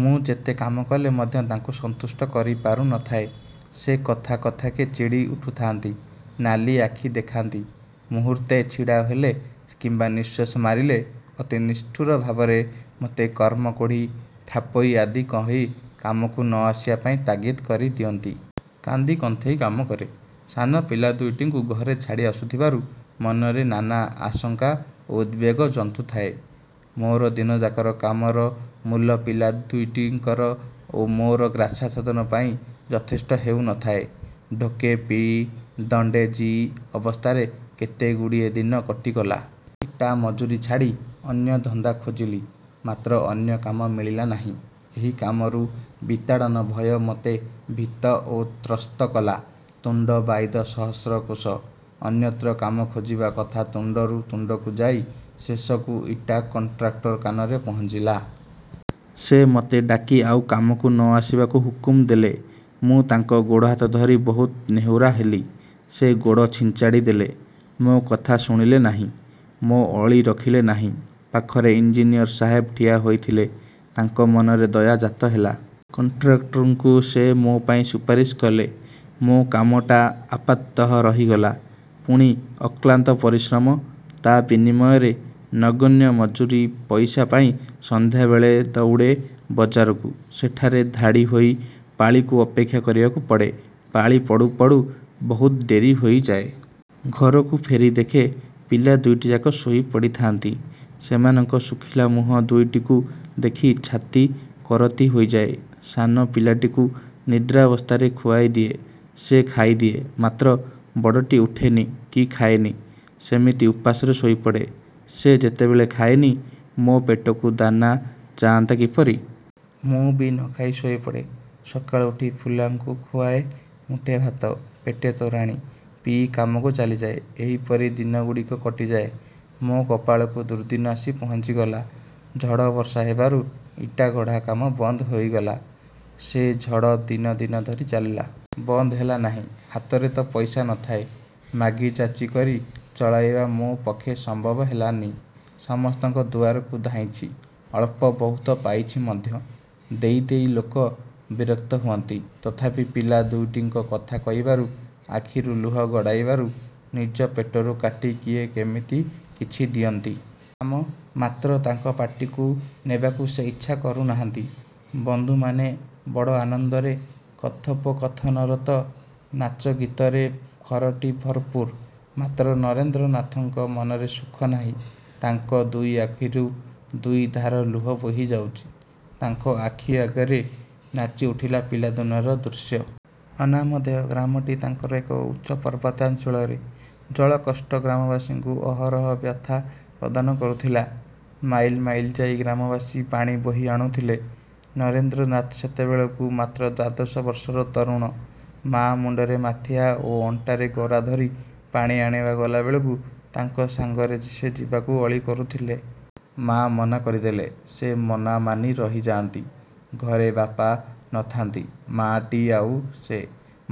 ମୁଁ ଯେତେ କାମ କଲେ ମଧ୍ୟ ତାଙ୍କୁ ସନ୍ତୁଷ୍ଟ କରିପାରୁ ନ ଥାଏ, ସେ କଥା କଥାକେ ଚିଡ଼ି ଉଠୁଥାଆନ୍ତି, ନାଲି ଆଖି ଦେଖାନ୍ତି। ମୁହୂର୍ତ୍ତେ ଛିଡ଼ାହେଲେ କିମ୍ବା ନିଶ୍ୱାସ ମାରିଲେ ଅତି ନିଷ୍ଠୁର ଭାବରେ ମୋତେ କର୍ମକୋଢ଼ି, ଠାପୋଈ ଆଦି କହି କାମକୁ ନ ଆସିବା ପାଇଁ ତାଗିଦ୍ କରିଦିଅନ୍ତି। କାନ୍ଦି କନ୍ଥେଇ କାମ କରେ। ସାନ ପିଲା ଦୁଇଟିଙ୍କୁ ଘରେ ଛାଡ଼ି ଆସୁଥିବାରୁ ମନରେ ନାନା ଆଶଙ୍କା ଓ ଉଦବେଗ ଜନ୍ତୁଥାଏ। ମୋର ଦିନଯାକର କାମର ମୂଲ ପିଲା ଦୁଇଟିଙ୍କର ଓ ମୋର ଗ୍ରାସାଚ୍ଛାଦନ ପାଇଁ ଯଥେଷ୍ଟ ହେଉ ନ ଥାଏ। ଢୋକେ ପିଇ ଦଣ୍ତେ ଜୀଇ ଅବସ୍ଥାରେ କେତେଗୁଡ଼ିଏ ଦିନ କଟିଗଲା। ଇଟା ମଜୁରୀ ଛାଡ଼ି ଅନ୍ୟ ଧନ୍ଦା ଖୋଜିଲି, ମାତ୍ର ଅନ୍ୟ କାମ ମିଳିଲା ନାହିଁ। ଏହି କାମରୁ ବିତାଡ଼ନ ଭୟ ମୋତେ ଭୀତ ଓ ତ୍ରସ୍ତ କଲା। ତୁଣ୍ତ ବାଇଦ ସହସ୍ର କୋଶ। ଅନ୍ୟତ୍ର କାମ ଖୋଜିବା କଥା ତୁଣ୍ତରୁ ତୁଣ୍ତକୁ ଯାଇ ଶେଷକୁ ଇଟା କଣ୍ଟ୍ରାକ୍ଟର କାନରେ ପହଞ୍ଚିଲା। ସେ ମତେ ଡାକି ଆଉ କାମକୁ ନ ଆସିବାକୁ ହୁକୁମ ଦେଲେ। ମୁଁ ତାଙ୍କ ଗୋଡ଼ହାତ ଧରି ବହୁତ ନେହୁରା ହେଲି। ସେ ଗୋଡ଼ ଛିଞ୍ଚାଡ଼ି ଦେଲେ। ମୋ କଥା ଶୁଣିଲେ ନାହିଁ। ମୋ ଅଳି ରଖିଲେ ନାହିଁ। ପାଖରେ ଇଞ୍ଜିନିୟର ସାହେବ ଠିଆ ହୋଇଥିଲେ, ତାଙ୍କ ମନରେ ଦୟା ଜାତ ହେଲା। କଣ୍ଟ୍ରାକ୍ଟରଙ୍କୁ ସେ ମୋ ପାଇଁ ସୁପାରିଶ କଲେ, ମୋ କାମଟା ଆପାତତଃ ରହିଗଲା। ପୁଣି ଅକ୍ଳାନ୍ତ ପରିଶ୍ରମ। ତା ବିନିମୟରେ ନଗଣ୍ୟ ମଜୁରୀ ପଇସା ପାଇ ସନ୍ଧ୍ୟାବେଳେ ଦଉଡ଼େ ବଜାରକୁ। ସେଠାରେ ଧାଡ଼ିହୋଇ ପାଳିକୁ ଅପେକ୍ଷା କରିବାକୁ ପଡ଼େ। ପାଳି ପଡ଼ୁ ପଡ଼ୁ ବହୁତ ଡେରି ହୋଇଯାଏ। ଘରକୁ ଫେରି ଦେଖେ ପିଲା ଦୁଇଟିଯାକ ଶୋଇ ପଡ଼ିଥାନ୍ତି। ସେମାନଙ୍କ ଶୁଖିଲା ମୁହଁ ଦୁଇଟିକୁ ଦେଖି ଛାତି କରତି ହୋଇଯାଏ। ସାନ ପିଲାଟିକୁ ନିଦ୍ରାବସ୍ଥାରେ ଖୁଆଇ ଦିଏ। ସେ ଖାଇଦିଏ, ମାତ୍ର ବଡ଼ଟି ଉଠେନି କି ଖାଏନି। ସେମିତି ଓପାସରେ ଶୋଇପଡ଼େ। ସେ ଯେତେବେଳେ ଖାଏନି, ମୋ ପେଟକୁ ଦାନା ଯାଆନ୍ତା କିପରି? ମୁଁ ବି ନ ଖାଇ ଶୋଇପଡ଼େ। ସକାଳୁ ଉଠି ପିଲାଙ୍କୁ ଖୁଆଏ ମୁଠେ ଭାତ, ପେଟେ ତୋରାଣି ପିଇ କାମକୁ ଚାଲିଯାଏ। ଏହିପରି ଦିନଗୁଡ଼ିକ କଟିଯାଏ। ମୋ କପାଳକୁ ଦୁର୍ଦ୍ଦିନ ଆସି ପହଞ୍ଚିଗଲା। ଝଡ଼ ବର୍ଷା ହେବାରୁ ଇଟାଗଢ଼ା କାମ ବନ୍ଦ ହୋଇଗଲା। ସେ ଝଡ଼ ଦିନ ଦିନ ଧରି ଚାଲିଲା। ବନ୍ଦ ହେଲାନାହିଁ-। ହାତରେ ତ ପଇସା ନ ଥାଏ, ମାଗିଯାଚି, କରି ଚଳାଇବା ମୋ ପକ୍ଷେ ସମ୍ଭବ ହେଲାନି-। ସମସ୍ତଙ୍କ ଦୁଆରକୁ ଧାଇଁଚି। ଅଳ୍ପ ବହୁତ ପାଇଚି ମଧ୍ୟ। ଦେଇ ଦେଇ ଲୋକ ବିରକ୍ତ ହୁଅନ୍ତି। ତଥାପି ପିଲା ଦୁଇଟିଙ୍କ କଥା କହିବାରୁ, ଆଖିରୁ ଲୁହ ଗଡ଼ାଇବାରୁ ନିଜ ପେଟରୁ କାଟି କିଏ କିମିତି କିଛି ଦିଅନ୍ତି। ଆମ। ମାତ୍ର ତାଙ୍କ ପାଟିକୁ ନେବାକୁ ସେ ଇଚ୍ଛା କରୁ ନାହାନ୍ତି। ବନ୍ଧୁମାନେ ବଡ଼ ଆନନ୍ଦରେ କଥୋପକଥନରତ-। ନାଚ ଗୀତରେ ଘରଟି ଭରପୂର। ମାତ୍ର ନରେନ୍ଦ୍ରନାଥଙ୍କ ମନରେ ସୁଖ ନାହିଁ-। ତାଙ୍କ ଦୁଇ ଆଖିରୁ ଦୁଇଧାର ଲୁହ ବହିଯାଉଛି। ତାଙ୍କ ଆଖି ଆଗରେ ନାଚି ଉଠିଲା ପିଲାଦିନର ଦୃଶ୍ୟ। ଅନାମଧେୟ ଗ୍ରାମଟି ତାଙ୍କର ଏକ ଉଚ୍ଚ ପାର୍ବତ୍ୟାଞ୍ଚଳରେ। ଜଳକଷ୍ଟ ଗ୍ରାମବାସୀଙ୍କୁ ଅହରହ ବ୍ୟଥା ପ୍ରଦାନ କରୁଥିଲା। ମାଇଲ ମାଇଲ ଯାଇ ଗ୍ରାମବାସୀ ପାଣି ବୋହି ଆଣୁଥିଲେ-। ନରେନ୍ଦ୍ରନାଥ ସେତେବେଳକୁ ମାତ୍ର ଦ୍ୱାଦଶ ବର୍ଷର ତରୁଣ, ମା ମୁଣ୍ତରେ ମାଠିଆ ଓ ଅଣ୍ଟାରେ ଗରା ଧରି ପାଣି ଆଣି ଗଲାବେଳକୁ ତାଙ୍କ ସାଙ୍ଗରେ ସେ ଯିବାକୁ ଅଳି କରୁଥିଲେ। ମା ମନା କରିଦେଲେ, ସେ ମନା ମାନି ରହିଯାଆନ୍ତି। ଘରେ ବାପା ନ ଥାଆନ୍ତି। ମା'ଟି ଆଉ ସେ,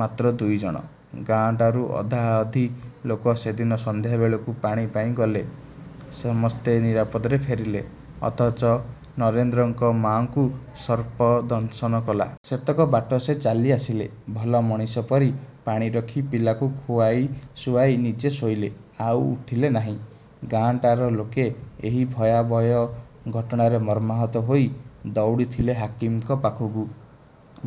ମାତ୍ର ଦୁଇଜଣ। ଗାଁ ଟାରୁ ଅଧାଅଧି ଲୋକ ସେଦିନ ସନ୍ଧ୍ୟାବେଳକୁ ପାଣି ପାଇଁ ଗଲେ। ସମସ୍ତେ ନିରାପଦାରେ ଫେରିଲେ-। ଅଥଚ ନରେନ୍ଦ୍ରଙ୍କ ମା'ଙ୍କୁ ସର୍ପ ଦଂଶନ କଲା। ସେତକ ବାଟ ସେ ଚାଲି ଆସିଲେ। ଭଲ ମଣିଷ ପରି ପାଣି ରଖି ପିଲାକୁ ଖୁଆଇ ଶୁଆଇ ନିଜେ ଶୋଇଲେ, ଆଉ ଉଠିଲେ ନାହିଁ। ଗାଁଟାର ଲୋକେ ଏହି ଭୟାଭୟ ଘଟଣାରେ ମର୍ମାହତ ହୋଇ ଦଉଡ଼ିଥିଲେ ହାକିମଙ୍କ ପାଖକୁ।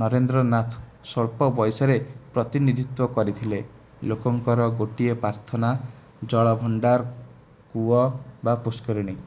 ନରେନ୍ଦ୍ରନାଥ ସ୍ୱଳ୍ପ ବୟସରେ ପ୍ରତିନିଧିତ୍ୱ କରିଥିଲେ। ଲୋକଙ୍କର ଗୋଟିଏ ପ୍ରାର୍ଥନା—ଜଳଭଣ୍ତାର, କୂଅ ବା ପୁଷ୍କରିଣୀ।